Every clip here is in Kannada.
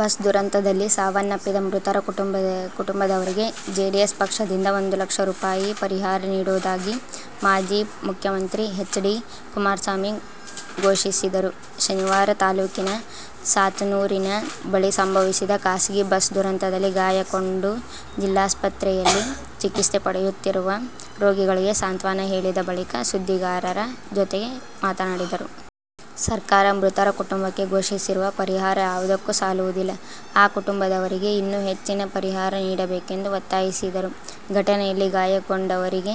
ಬಸ್ ದುರಂತದಲ್ಲಿ ಸಾವನ್ನಪ್ಪಿದ ಮೃತರ ಕುಟುಂಬದವರಿಗೆ ಜೆಡಿಎಸ್ ಪಕ್ಷದಿಂದ ಒಂದು ಲಕ್ಷ ರೂಪಾಯಿ ಪರಿಹಾರ ನೀಡುವುದಾಗಿ ಮಾಜಿ ಮುಖ್ಯಮಂತ್ರಿ ಹೆಚ್. ಡಿ. ಕುಮಾರಸ್ವಾಮಿ ಘೋಷಿಸಿದರು. ಶನಿವಾರ ತಾಲೂಕಿನ ಸಾತನೂರಿನ ಬಳಿ ಸಂಭವಿಸಿದ ಖಾಸಗಿ ಬಸ್ ದುರಂತದಲ್ಲಿ ಗಾಯಗೊಂಡು ಜಿಲ್ಲಾಸ್ಪತ್ರೆಯಲ್ಲಿ ಚಿಕಿತ್ಸೆ ಪಡೆಯುತ್ತಿರುವ ರೋಗಿಗಳಿಗೆ ಸಾಂತ್ವನ ಹೇಳಿದ ಬಳಿಕ ಸುದ್ದಿಗಾರರ ಜೊತೆ ಮಾತನಾಡಿದರು. ಸರ್ಕಾರ ಮೃತರ ಕುಟುಂಬಕ್ಕೆ ಘೋಷಿಸಿರುವ ಪರಿಹಾರ ಯಾವುದಕ್ಕೂ ಸಾಲುವುದಿಲ್ಲ. ಆ ಕುಟುಂಬದವರಿಗೆ ಇನ್ನೂ ಹೆಚ್ಚಿನ ಪರಿಹಾರ ನೀಡಬೇಕೆಂದು ಒತ್ತಾಯಿಸಿದರು. ಘಟನೆಯಲ್ಲಿ ಗಾಯಗೊಂಡವರಿಗೆ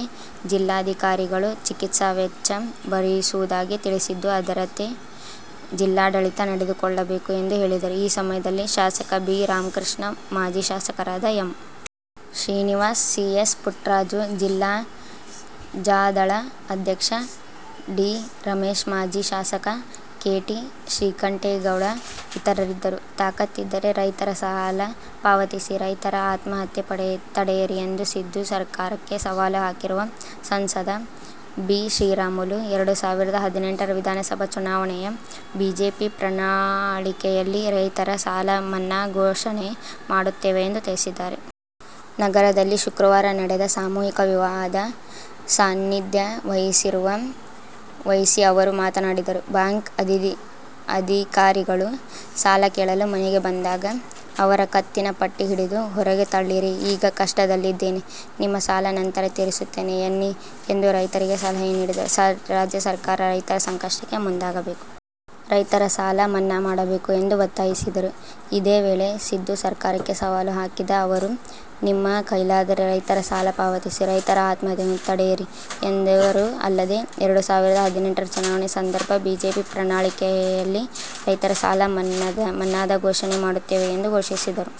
ಜಿಲ್ಲಾಧಿಕಾರಿಗಳು ಚಿಕಿತ್ಸಾ ವೆಚ್ಚ ಭರಿಸುವುದಾಗಿ ತಿಳಿಸಿದ್ದು, ಅದರಂತೆ ಜಿಲ್ಲಾಡಳಿತ ನಡೆದುಕೊಳ್ಳಬೇಕು ಎಂದು ಹೇಳಿದರು. ಈ ಸಮಯದಲ್ಲಿ ಶಾಸಕ ಬಿ. ರಾಮಕೃಷ್ಣ, ಮಾಜಿ ಶಾಸಕರಾದ M. Srinivas, C. S. Puttaraju, ಜಿಲ್ಲಾ ಜಾ. ದಳ ಅಧ್ಯಕ್ಷ ಡಿ. ರಮೇಶ್ ಮಾಜಿ ಶಾಸಕ ಕೆ. ಟಿ. ಶ್ರೀಕಂಠೇಗೌಡ ಇತರರಿದ್ದರು. ತಾಕತ್ತಿದ್ದರೆ ರೈತರ ಸಾಲ ಪಾವತಿಸಿ, ರೈತರ ಆತ್ಮಹತ್ಯೆ ತಡೆಯಿರಿ ಎಂದು ಸಿದ್ದು ಸರ್ಕಾರಕ್ಕೆ ಸವಾಲು ಹಾಕಿರುವ ಸಂಸದ ಬಿ. ಶ್ರೀರಾಮುಲು, ಎರಡು ಸಾವಿರದ ಹದಿನೆಂಟರ ವಿಧಾನಸಭಾ ಚುನಾವಣೆಯ ಬಿಜೆಪಿ ಪ್ರಣಾಳಿಕೆಯಲ್ಲಿ ರೈತರ ಸಾಲ ಮನ್ನಾ ಘೋಷಣೆ ಮಾಡುತ್ತೇವೆ ಎಂದು ತಿಳಿಸಿದ್ದಾರೆ. ನಗರದಲ್ಲಿ ಶುಕ್ರವಾರ ನಡೆದ ಸಾಮೂಹಿಕ ವಿವಾಹದ ಸಾನ್ನಿಧ್ಯ ವಹಿಸಿ ಅವರು ಮಾತನಾಡಿದರು. ಬ್ಯಾಂಕ್ ಅಧಿಧಿಕಾರಿಗಳು ಸಾಲ ಕೇಳಲು ಮನೆಗೆ ಬಂದಾಗ ಅವರ ಕತ್ತಿನ ಪಟ್ಟಿ ಹಿಡಿದು ಹೊರಗೆ ತಳ್ಳಿರಿ. ಈಗ ಕಷ್ಟದಲ್ಲಿದ್ದೇನೆ. ನಿಮ್ಮ ಸಾಲ ನಂತರ ತೀರಿಸುತ್ತೇನೆ ಎನ್ನಿ ಎಂದು ರೈತರಿಗೆ ಸಲಹೆ ನೀಡಿದರು. ರಾಜ್ಯ ಸರ್ಕಾರ ರೈತರ ಸಂಕಷ್ಟಕ್ಕೆ ಮುಂದಾಗಬೇಕು. ರೈತರ ಸಾಲ ಮನ್ನಾ ಮಾಡಬೇಕು ಎಂದು ಒತ್ತಾಯಿಸಿದರು. ಇದೇ ವೇಳೆ, ಸಿದ್ದು ಸರ್ಕಾರಕ್ಕೆ ಸವಾಲು ಹಾಕಿದ ಅವರು, ನಿಮ್ಮ ಕೈಲಾದರೆ ರೈತರ ಸಾಲ ಪಾವತಿಸಿ, ರೈತರ ಆತ್ಮಹತ್ಯೆಗಳನ್ನು ತಡೆಯಿರಿ ಎಂದರು. ಅಲ್ಲದೆ, ಎರಡು ಸಾವಿರದ ಹದಿನೆಂಟುರ ಚುನಾವಣೆ ಸಂದರ್ಭ ಬಿಜೆಪಿ ಪ್ರಣಾಳಿಕೆಯಲ್ಲಿ ರೈತರ ಸಾಲ ಮನ್ನಾದ ಘೋಷಣೆ ಮಾಡುತ್ತೇವೆ ಎಂದು ಘೋಷಿಸಿದರು